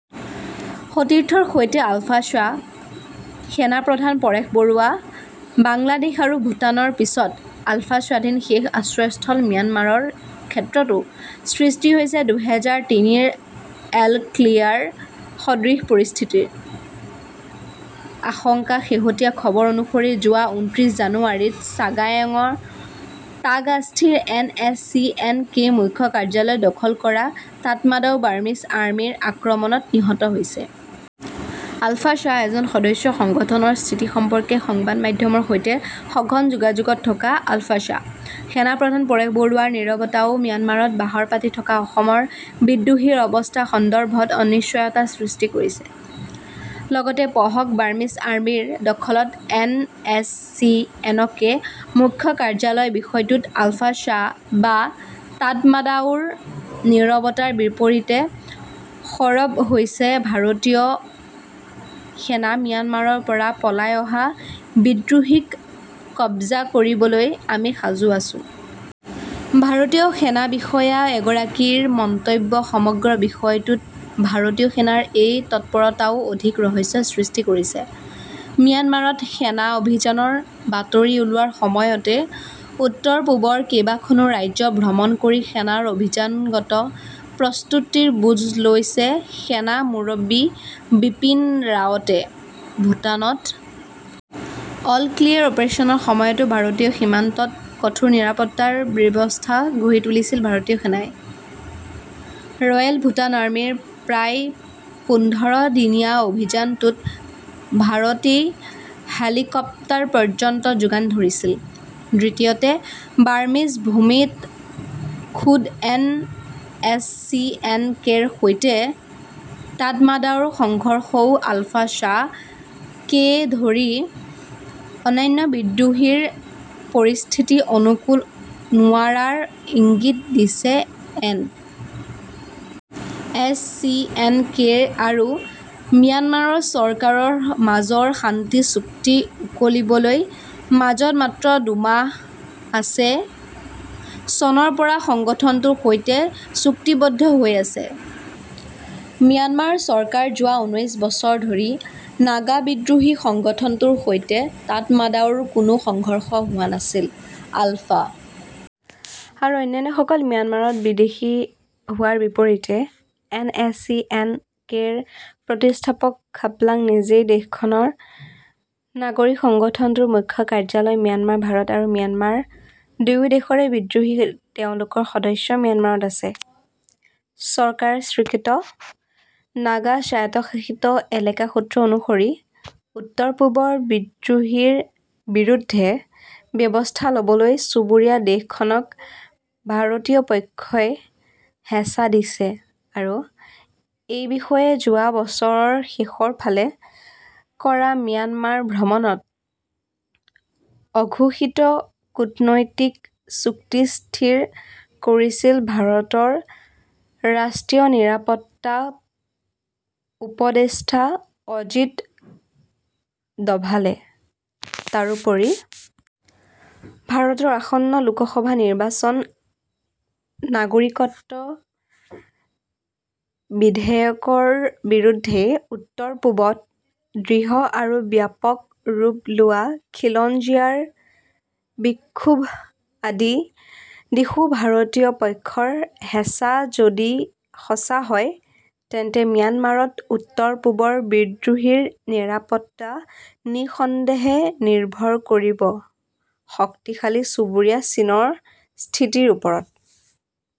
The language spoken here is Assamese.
সতীৰ্থৰ সৈতে আলফা স্বাঃ সেনা প্ৰধান পৰেশ বৰুৱা বাংলাদেশ আৰু ভুটানৰ পিছত আলফা স্বাধীন শেষ আশ্ৰয়স্থল ম্যানমাৰৰ ক্ষেত্ৰতো সৃষ্টি হৈছে দুহেজাৰ তিনিৰ অল ক্লিয়াৰ সদৃশ পৰিস্থিতিৰ আশংকা শেহতীয়া খবৰ অনুসৰি যোৱা উনত্ৰিচ জানুৱাৰিত চাগাইঙৰ টা গাস্থিত N S C N K মুখ্য কাৰ্য্যালয় দখল কৰা তাতমাদাও বাৰ্মিজ আৰ্মিৰ আক্ৰমণত নিহত হৈছে। আলফা স্বাঃ এজন সদস্য সংগঠনৰ স্থিতি সম্পৰ্কে সংবাদ মাধ্যমৰ সৈতে সঘন যোগাযোগত থকা আলফা স্বাঃ সেনা প্ৰধান পৰেশ বৰুৱাৰ নীৰৱতায়ো ম্যানমাৰত বাহৰ পাতি থকা অসমৰ বিদ্ৰোহীৰ অৱস্থা সন্দৰ্ভত অনিশ্চয়তা সৃষ্টি কৰিছে। লগতে পঢ়ক বাৰ্মিজ আৰ্মিৰ দখলত এন এচ চি এনকে মুখ্য কাৰ্য্যলয় বিষয়টোত আলফা স্বাঃ বা তাতমাদাওৰ নীৰৱতাৰ বিপৰীতে সৰৱ হৈছে ভাৰতীয় সেনা ম্যানমাৰৰ পৰা পলাই অহা বিদ্ৰোহীক কব্জা কৰিবলৈ আমি সাজু আছো। ভাৰতীয় সেনা বিষয়া এগৰাকীৰ মন্তব্য সমগ্ৰ বিষয়টোত ভাৰতীয় সেনাৰ এই তৎপৰতায়ো অধিক ৰহস্যৰ সৃষ্টি কৰিছে। ম্যানমাৰত সেনা অভিযানৰ বাতৰি ওলোৱাৰ সময়তে উত্তৰ-পূবৰ কেইবাখনো ৰাজ্য ভ্ৰমণ কৰি সেনাৰ অভিযানগত প্ৰস্তুতিৰ বুজ লৈছে সেনা মুৰব্বী বিপিন ৰাৱতে। ভুটানত অল ক্লিয়াৰ অপাৰেচনৰ সময়তো ভাৰতীয় সীমান্তত কঠোৰ নিৰাপত্তাৰ ব্যৱস্থা গঢ়ি তুলিছিল ভাৰতীয় সেনাই ।ৰয়েল ভুটান আৰ্মিৰ প্ৰায় পোন্ধৰ দিনীয়া অভিযানটোত ভাৰতেই হেলিকপ্তাৰ পৰ্য্যন্ত যোগান ধৰিছিল। দ্বিতীয়তে বাৰ্মিজ ভূমিত খোদ এন এচ চি এন কেৰ সৈতে তাতমাদাওৰ সংঘৰ্ষয়ো আলফা স্বাঃ কে ধৰি অন্যান্য বিদ্ৰোহীৰ পৰিস্থিতি অনুকূল নোৱাৰাৰ ইংগিত দিছে। এন এচ চি এন কেৰ আৰু ম্যানমাৰ চৰকাৰৰ মাজৰ শান্তি চুক্তি উকলিবলৈ মাজত মাত্ৰ দুমাহ আছে চনৰ পৰা সংগঠনটোৰ সৈতে চুক্তিবদ্ধ হৈ আছে ।ম্যানমাৰ চৰকাৰ যোৱা ঊনৈশ বছৰ ধৰি নাগা বিদ্ৰোহী সংগঠনটোৰ সৈতে তাতমাদাওৰ কোনো সংঘৰ্ষ হোৱা নাছিল। আলফা আৰু অন্যান্যসকল ম্যানমাৰত বিদেশী হোৱাৰ বিপৰীতে এন এচ চি এন কেৰ প্ৰতিষ্ঠাপক খাপলাং নিজেই দেশখনৰ নাগৰিক সংগঠনটোৰ মুখ্য কাৰ্য্যালয় ম্যানমাৰ ভাৰত আৰু ম্যানমাৰ দুয়ো দেশৰে বিদ্ৰোহী তেওঁলোকৰ সদস্য ম্যানমাৰত আছে। চৰকাৰ স্বীকৃত নাগা স্বায়ত্তশাসিত এলেকাসূত্ৰ অনুসৰি উত্তৰ-পূবৰ বিদ্ৰোহীৰ বিৰুদ্ধে ব্যৱস্থা লবলৈ চুবুৰীয়া দেশখনক ভাৰতীয় পক্ষই হেঁচা দিছে আৰু এই বিষয়ে যোৱা বছৰৰ শেষৰ ফালে কৰা ম্যানমাৰ ভ্ৰমণত অঘোষিত কূটনৈতিক চুক্তি স্থিৰ কৰিছিল ভাৰতৰ ৰাষ্ট্ৰীয় নিৰাপত্তা উপদেষ্টা অজিত দভালে ।তাৰোপৰি ভাৰতৰ আসন্ন লোকসভা নিৰ্বাচন নাগৰিকত্ব বিধেয়কৰ বিৰুদ্ধে উত্তৰ-পূবত দৃঢ় আৰু ব্যাপক ৰূপ লোৱা খিলঞ্জীয়াৰ বিক্ষোভ আদি দিশো ভাৰতীয় পক্ষৰ হেঁচা যদি সঁচা হয়, তেন্তে ম্যানমাৰত উত্তৰ-পূবৰ বিদ্ৰোহীৰ নিৰাপত্তা নিঃসন্দেহে নিৰ্ভৰ কৰিব শক্তিশালী চুবুৰীয়া চীনৰ স্থিতিৰ ওপৰত।